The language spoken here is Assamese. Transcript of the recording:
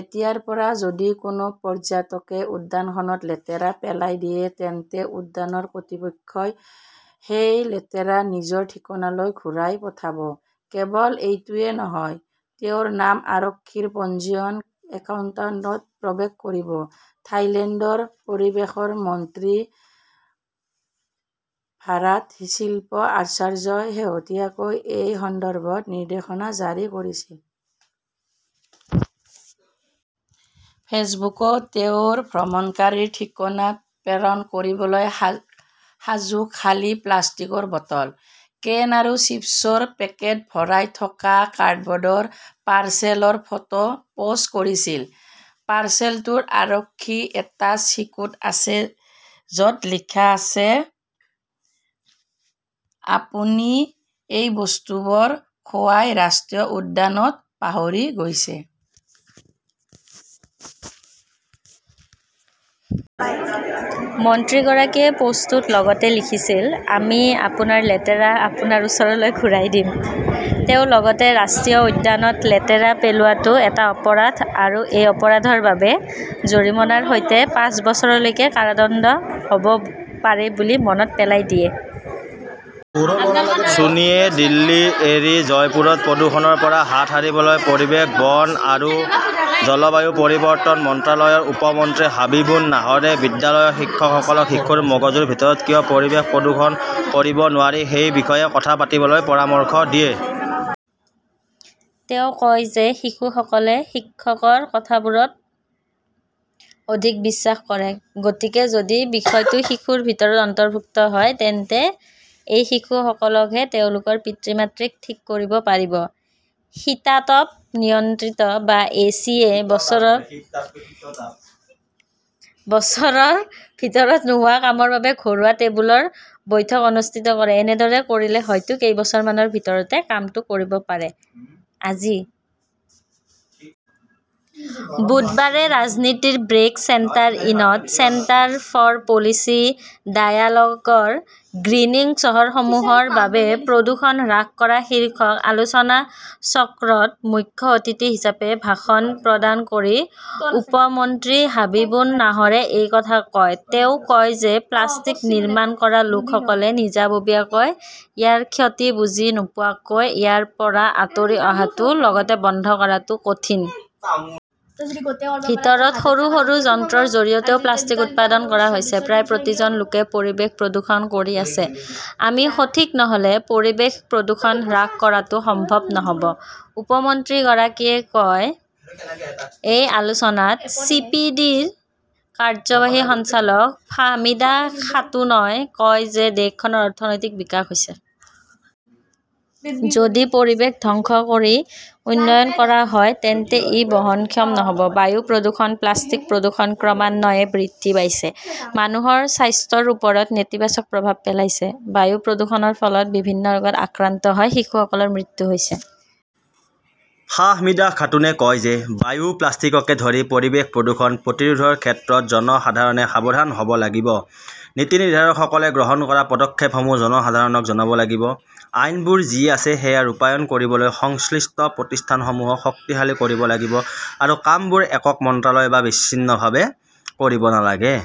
এতিয়াৰ পৰা, যদি কোনো পৰ্যটকে উদ্যানখনত লেতেৰা পেলাই দিয়ে, তেন্তে উদ্যান কৰ্তৃপক্ষই সেই লেতেৰা নিজৰ ঠিকনালৈ ঘূৰাই পঠাব। কেৱল সেইটোৱেই নহয়, তেওঁৰ নাম আৰক্ষীৰ পঞ্জীয়ন একাউণ্টতো প্ৰৱেশ কৰিব। থাইলেণ্ডৰ পৰিৱেশ মন্ত্ৰী ভাৰাট চিল্পা আৰ্চাই শেহতীয়াকৈ এই সন্দৰ্ভত নিৰ্দেশনা জাৰি কৰিছিল। ফেচবুকত তেওঁ ভ্ৰমণকাৰীৰ ঠিকনাত প্ৰেৰণ কৰিবলৈ সাজু খালী প্লাষ্টিকৰ বটল, কেন আৰু চিপছৰ পেকেট ভৰাই থকা কাৰ্ডব'ৰ্ডৰ পাৰ্চেলৰ ফটো পোষ্ট কৰিছিল। পাৰ্চেলটোত আৰক্ষীৰ এটা চিৰকুট আছে য 'ত লিখা আছে,' আপুনি এই বস্তুবোৰ খো য়াই ৰাষ্ট্ৰীয় উদ্যানত পাহৰি গৈছে '। মন্ত্ৰীগৰাকীয়ে পোষ্টটোত লগতে লিখিছিল, "আমি আপোনাৰ লেতেৰা আপোনাৰ ওচৰলৈ ঘূৰাই দিম। "তেওঁ লগতে ৰাষ্ট্ৰীয় উদ্যানত লেতেৰা পেলোৱাটো এটা অপৰাধ আৰু এই অপৰাধৰ বাবে জৰিমনাৰ সৈতে পাঁচ বছৰলৈকে কাৰাদণ্ড হ'ব পাৰে বুলি মনত পেলাই দিয়ে। সুন্নীয়ে দিল্লী এৰি জয়পুৰত প্ৰদূষণৰ পৰা হাত সাৰিবলৈ পৰিৱেশ, বন আৰু জলবায়ু পৰিৱৰ্তন মন্ত্ৰালয়ৰ উপ মন্ত্ৰী হাবিবুন নাহৰে বিদ্যালয়ৰ শিক্ষকসকলক শিশুৰ মগজুৰ ভিতৰত কিয় পৰিৱেশ প্ৰদূষণ কৰিব নোৱাৰি সেই বিষয়ে কথা পাতিবলৈ পৰামৰ্শ দিয়ে। তেওঁ কয় যে শিশুসকলে শিক্ষকসকলৰ কথাবোৰত অধিক বিশ্বাস কৰে। গতিকে যদি বিষয়টো শিশুৰ ভিতৰত অন্তৰ্ভুক্ত হয়, তেন্তে এই শিশুসকলেহে তেওঁলোকৰ পিতৃ-মাতৃক ঠিক কৰিব পাৰিব। শীতাতপ নিয়ন্ত্ৰিত বা এ. চি. -য়ে বছৰৰ ভিতৰত নোহোৱা কামৰ বাবে ঘৰুৱা টেবুলৰ বৈঠক অনুষ্ঠিত কৰে, এনেদৰে কৰিলে হয়তো কেইবছৰমানৰ ভিতৰতে কামটো কৰিব পাৰে। আজি বুধবাৰে ৰাজধানীৰ ব্ৰেক চেণ্টাৰ ইনত চেণ্টাৰ ফৰ পলিচি ডায়ালগ ৰ 'গ্ৰীণিং চহৰসমূহৰ বাবে প্ৰদূষণ হ্ৰাস কৰা শীৰ্ষক আলোচনাচক্ৰত মুখ্য অতিথি হিচাপে ভাষণ প্ৰদান কৰি উপ-মন্ত্ৰী হাবিবুন নাহৰে এই কথা কয়। তেওঁ কয় যে প্লাষ্টিক নিৰ্মাণ কৰা লোকসকলে নিজাববীয়াকৈ ইয়াৰ ক্ষতি বুজি নোপোৱাকৈ ইয়াৰ পৰা আঁতৰি অহাটো লগতে বন্ধ কৰাটো কঠিন। কোঠাৰ ভিতৰত সৰু সৰু যন্ত্ৰৰ জৰিয়তেও প্লাষ্টিক উৎপাদন কৰা হৈছে। প্ৰায় প্ৰতিজন লোকে পৰিৱেশ প্ৰদূষণ কৰি আছে, আমি সঠিক নহ'লে পৰিৱেশ প্ৰদূষণ হ্ৰাস কৰাটো সম্ভৱ নহ'ব, উপ- মন্ত্ৰীগৰাকীয়ে কয়। এই আলোচনাত চি. পি. ডি. -ৰ কাৰ্যবাহী সঞ্চালক ফাহমিদা খাতুনই কয় যে দেশখনৰ অৰ্থনৈতিক বিকাশ হৈছে। যদি পৰিৱেশ ধ্বংস কৰি উন্নয়ন কৰা হয় তেন্তে ই বহনক্ষম নহ'ব। বায়ু প্ৰদূষণ, প্লাষ্টিক প্ৰদূষণ ক্ৰমান্বয়ে বৃদ্ধি পাইছে। মানুহৰ স্বাস্থ্যৰ ওপৰত নেতিবাচক প্ৰভাৱ পেলাইছে। বায়ু প্ৰদূষণৰ ফলত বিভিন্ন ৰোগত আক্ৰান্ত হৈ শিশুসকলৰ মৃত্যু হৈছে। ফাহমিদা খাতুনে কয় যে বায়ু, প্লাষ্টিককে ধৰি পৰিৱেশ প্ৰদূষণ প্ৰতিৰোধৰ ক্ষেত্ৰত জনসাধাৰণে সাৱধান হ'ব লাগিব। নীতি নিৰ্ধাৰকসকলে গ্ৰহণ কৰা পদক্ষেপসমূহ জনসাধাৰণক জনাব লাগিব। আইনবোৰ যি আছে সেয়া ৰূপায়ণ কৰিবলৈ সংশ্লিষ্ট প্ৰতিষ্ঠানসমূহক শক্তিশালী কৰিব লাগিব আৰু কামবোৰ একক মন্ত্ৰালয় বা বিচ্ছিন্নভাৱে কৰিব নালাগে।